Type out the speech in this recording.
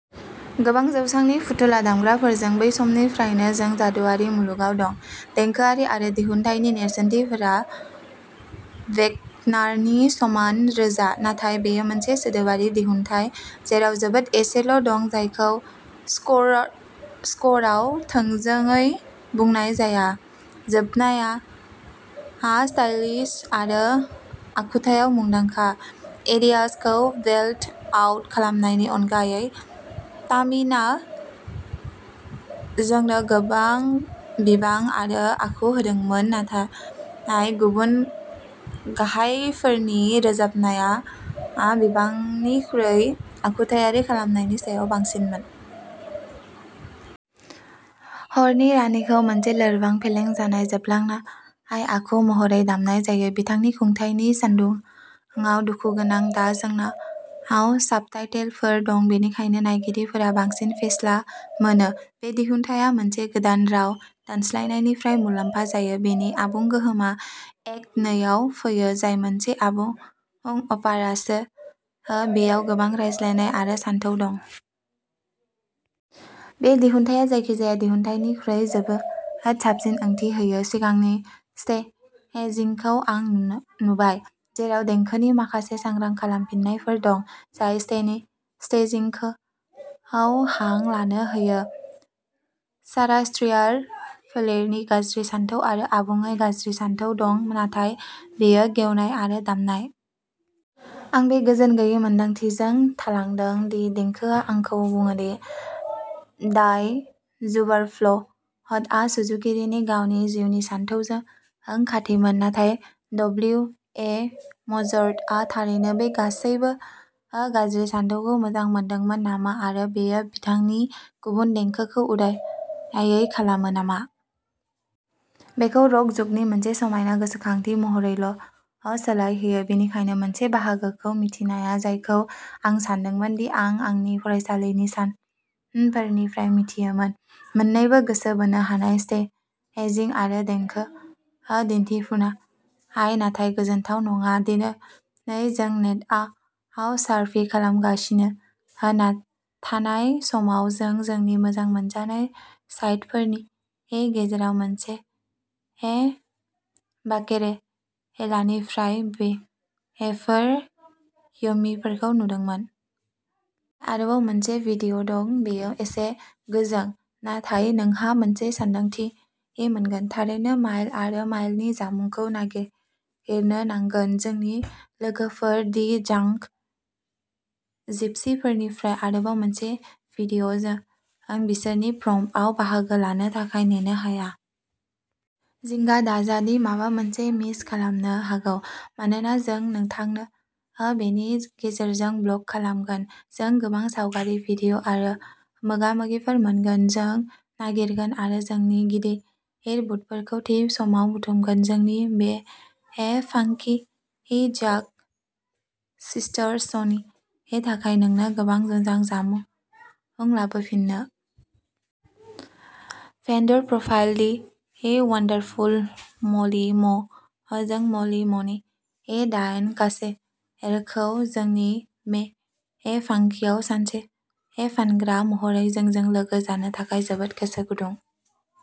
गोबां जौसांनि फुथुला दामग्राफोरजों बै समनिफ्रायनो जों जादुआरि मुलुगाव दं, देंखोआरि आरो दिहुनथायनि नेरसोनथिफोरा वेगनारनि समान रोजा। नाथाय बेयो मोनसे सोदोबारि दिहुनथाय, जेराव जोबोद एसेल' दं जायखौ स्क'रआव थोंजोङै बुंनाय जाया। रोजाबनाया स्टाइलिश आरो आखुआव मुंदांखा एरियासखौ बेल्ट आउट खालामनायनि अनगायै, तामिन'आ जोंनो गोबां बिबां आरो आखु होदोंमोन नाथाय गुबुन गाहायफोरनि रोजाबनाया बिबांनिख्रुइ आखुथायारि खालामनायनि सायाव बांसिनमोन। हरनि रानिखौ मोनसे लोरबां, फेलें जानाय, जोबलांनाय आखु महरै दामनाय जायो, बिथांनि खुंथायनि सान्दुंआव दुखुगोनां। दा जोंनाव साबटाइटेलफोर दं बेनिखायनो नायगिरिफोरा बांसिन फेस्ला मोनो। बे दिहुनथाया मोनसे गोदान राव दानस्लायनायनिफ्राय मुलाम्फा जायो, बेनि आबुं गोहोमआ एक्ट नैआव फैयो, जाय मोनसे गुबुन अपेरासो, बेयाव गोबां रायज्लायनाय आरो सानथौ दं। बे दिहुनथाया जायखिजाया दिहुनथायनिख्रुइ जोबोद साबसिन ओंथि होयो। सिगांनि स्टेजिंखौ आं नुबाय, जेराव देंखोनि माखासे सांग्रां खालामफिननायफोर दं, जाय स्टेजिंखौ हां लानो होयो। सारास्ट्रियान फोलेरनि गाज्रि सानथौ आरो आबुङै गाज्रि सानथौ दं, नाथाय बेयो गेवनाय आरो दामनाय। आं बे गोजोन गैयै मोन्दांथिजों थालांदों दि देंखोआ आंखौ बुङोदि डाई ज़ुबारफ्ल'टआ सुजुगिरिनि गावनि जिउनि सानथौजों खाथिमोन, नाथाय डब्लिउ ए मजार्टआ थारैनो बे गासैबो गाज्रि सानथौखौ मोजां मोनदोंमोन नामा आरो बेयो बिथांनि गुबुन देंखोखौ उदायै खालामो नामा? बेखौ र'क जुगनि मोनसे समायना गोसोखांथि महरैल' सोलायहोयो? बेनिखायनो मोनसे बाहागोखौ मिथिनाया जायखौ आं सान्दोंमोन दि आं आंनि फरायसालिनि सानफोरनिफ्राय मिथियोमोन, मोननैबो गोसो बोनो हानाय स्टेजिं आरो देंखो दिन्थिफुंनाय नाथाय गोजोनथाव नङा। दिनै जों नेटआव सार्फिं खालामगासिनो थानाय समाव जों जोंनि मोजां मोनजानाय साइटफोरनि गेजेराव मोनसे, बाकेरेलानिफ्राय बेफोर यम्मीफोरखौ नुदोंमोन। बेवहाय आरोबाव मोनसे भिडिय' दं बेयो एसे गोजों, नाथाय नोंहा मोनसे सानदांथि मोनगोन। थारैनो माइल आरो माइलनि जामुंखौ नागिरनो नांगोन। जोंनि लोगोफोर दि जांक जिपसिफोरनिफ्राय आरोबाव मोनसे भिडिय'! जों बिसोरनि प्रमआव बाहागो लानो थाखाय नेनो हाया! जिंगा दाजा दि माबा मोनसे मिस खालामनो हागौ, मानोना जों नोंथांनो बेनि गेजेरजों ब्लग खालामगोन। जों गोबां सावगारि, भिडिय' आरो मोगा मोगिफोर मोनगोन। जों नागिरगोन आरो जोंनि गिदिर बुटफोरखौ थि समाव बुथुमगोन जोंनि मे फांकि जांक सिस्टार्स श'नि थाखाय नोंनो गोबां मोजां जामुं लाबोफिन्नो! भेन्डर प्रफाइल दि वन्डारफुल म'लि म' जों म'लि म'नि डायेन कासेरखौ जोंनि मे फांकिआव सासे फानग्रा महरै जोंजों लोगो जानो थाखाय जोबोद गोसो गुदुं।